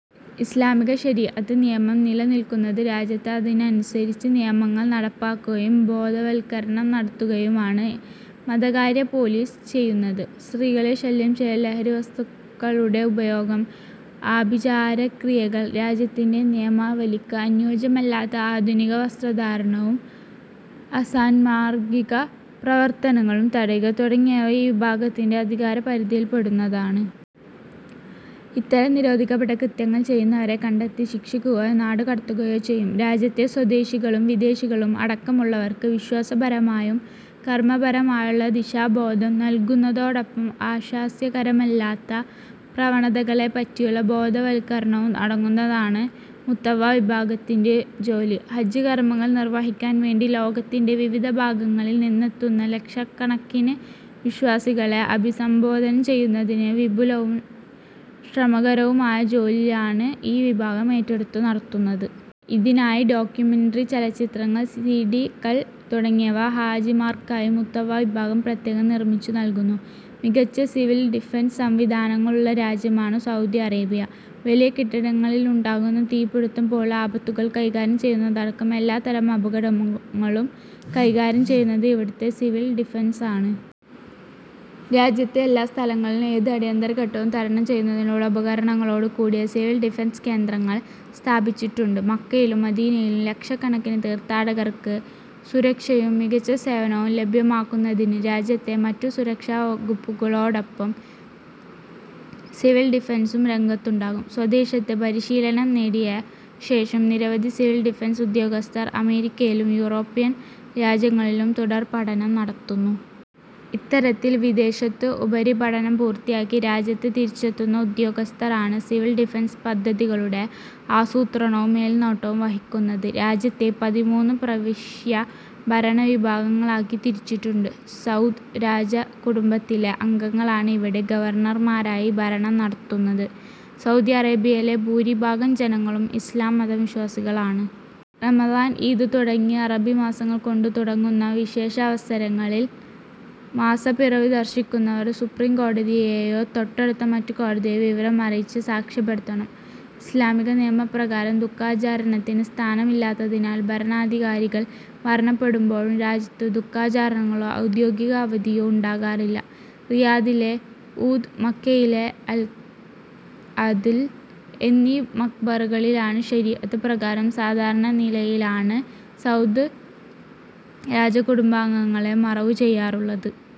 ഇസ്ലാമിക ശരീഅത്ത് നിയമം നില നിൽക്കുന്ന രാജ്യത്ത് അതിനനുസരിച്ച് നിയമങ്ങൾ നടപ്പാക്കുകയും ബോധവൽക്കരണം നടത്തുകയുമാണ് മതകാര്യ പോലീസ് ചെയ്യുന്നത്. സ്ത്രീകളെ ശല്യം ചെയ്യൽ, ലഹരി വസ്തുക്കളുടെ ഉപയോഗം, ആഭിചാരക്രിയകൾ, രാജ്യത്തിന്റെ നിയമാവലിക്ക് അനുയോജ്യമല്ലാത്ത ആധുനിക വസ്ത്രധാരണവും അസാന്മാർഗിക പ്രവർത്തനങ്ങളും തടയുക തുടങ്ങിയവ ഈ വിഭാഗത്തിന്റെ അധികാര പരിധിയിൽ പെടുന്നതാണ്. ഇത്തരം നിരോധിക്കപ്പെട്ട കൃത്യങ്ങൾ ചെയ്യുന്നവരെ കണ്ടെത്തി ശിക്ഷിക്കുകയോ നാട് കടത്തുകയോ ചെയ്യും. രാജ്യത്തെ സ്വദേശികളും വിദേശികളും അടക്കമുള്ളവർക്ക് വിശ്വാസപരമായും കർമപരമായുമുള്ള ദിശാബോധം നൽകുന്നതോടൊപ്പം ആശാസ്യകരമല്ലാത്ത പ്രവണതകളെ പറ്റിയുള്ള ബോധവത്കരണവും അടങ്ങുന്നതാണ് മുത്തവ്വ വിഭാഗത്തിന്റെ ജോലി. ഹജ്ജ് കർമങ്ങൾ നിർവഹിക്കാൻ വേണ്ടി ലോകത്തിന്റെ വിവിധ ഭാഗങ്ങളിൽ നിന്നെത്തുന്ന ലക്ഷക്കണക്കിന് വിശ്വാസികളെ അഭിസംബോധന ചെയ്യുന്നതിന് വിപുലവും ശ്രമകരവുമായ ജോലിയിലാണ് ഈ വിഭാഗം ഏറ്റെടുത്തു നടത്തുന്നത്. ഇതിനായി ഡോക്യുമെന്ററി ചലച്ചിത്രങ്ങൾ, സി. ഡി. കൾ, തുടങ്ങിയവ ഹാജിമാർക്കായി മുത്തവ്വ വിഭാഗം പ്രത്യേകം നിർമിച്ചു നൽകുന്നു. മികച്ച സിവിൽ ഡിഫൻസ് സംവിധാനങ്ങൾ ഉള്ള രാജ്യമാണ് സൗദി അറേബ്യ. വലിയ കെട്ടിടങ്ങളിലുണ്ടാകുന്ന തീപ്പിടുത്തം പോലുള്ള ആപത്തുകൾ കൈകാര്യം ചെയ്യുന്നതടക്കം എല്ലാതരം അപകടങ്ങളും കൈകാര്യം ചെയ്യുന്നത് ഇവിടുത്തെ സിവിൽ ഡിഫൻസ് ആണ്. രാജ്യത്തെ എല്ലാ സ്ഥലങ്ങളിലും ഏത് അടിയന്തരഘട്ടവും തരണം ചെയ്യുന്നതിനുള്ള ഉപകരണങ്ങളോട് കൂടിയ സിവിൽ ഡിഫൻസ് കേന്ദ്രങ്ങൾ സ്ഥാപിച്ചിട്ടുണ്ട്. മക്കയിലും മദീനയിലും ലക്ഷക്കണക്കിന് തീർത്ഥാടകർക്ക് സുരക്ഷയും മികച്ച സേവനവും ലഭ്യമാക്കുന്നതിന് രാജ്യത്തെ മറ്റു സുരക്ഷാ വകുപ്പുകളോടൊപ്പം സിവിൽ ഡിഫൻസും രംഗത്തുണ്ടാകും. സ്വദേശത്ത് പരിശീലനം നേടിയ ശേഷം നിരവധി സിവിൽ ഡിഫൻസ് ഉദ്യോഗസ്ഥർ അമേരിക്കയിലും യൂറോപ്യൻ രാജ്യങ്ങളിലും തുടർപഠനം നടത്തുന്നു. ഇത്തരത്തിൽ വിദേശത്തു ഉപരിപഠനം പൂർത്തിയാക്കി രാജ്യത്ത് തിരിച്ചെത്തുന്ന ഉദ്യോഗസ്ഥർ ആണ് സിവിൽ ഡിഫൻസ് പദ്ധതികളുടെ ആസൂത്രണവും മേൽനോട്ടവും വഹിക്കുന്നത്. രാജ്യത്തെ പതിമൂന്നു പ്രവിശ്യ ഭരണ വിഭാഗങ്ങളാക്കി തിരിച്ചിട്ടുണ്ട്. സൗദ് രാജ കുടുംബത്തിലെ അംഗങ്ങളാണ് ഇവിടെ ഗവർണർമാരായി ഭരണം നടത്തുന്നത്. സൗദി അറേബ്യയിലെ ഭൂരിഭാഗം ജനങ്ങളും ഇസ്ലാം മത വിശ്വാസികൾ ആണ്. റമദാൻ, ഈദ് തുടങ്ങി അറബി മാസങ്ങൾ കൊണ്ട് തുടങ്ങുന്ന വിശേഷ അവസരങ്ങളിൽ മാസപ്പിറവി ദർശിക്കുന്നവർ സുപ്രീം കോടതിയെയോ, തൊട്ടടുത്ത മറ്റു കോടതിയെയോ വിവരം അറിയിച്ച് സാക്ഷ്യപ്പെടുത്തണം. ഇസ്ലാമിക നിയമ പ്രകാരം ദു:ഖാചരണത്തിന് സ്ഥാനമില്ലാത്തതിനാൽ ഭരണാധികാരികൾ മരണപ്പെടുമ്പോഴും രാജ്യത്ത് ദു:ഖാചരണങ്ങളോ ഔദ്യോഗിക അവധിയോ ഉണ്ടാകാറില്ല. റിയാദിലെ ഊദ്, മക്കയിലെ അൽഅദ്ൽ എന്നീ മഖ്ബറകളിലാണ് ശരീഅത്ത് പ്രകാരം സാധാരണ നിലയിലാണ് സൗദ് രാജകുടുംബാംഗങ്ങളെ മറവു ചെയ്യാറുള്ളത്.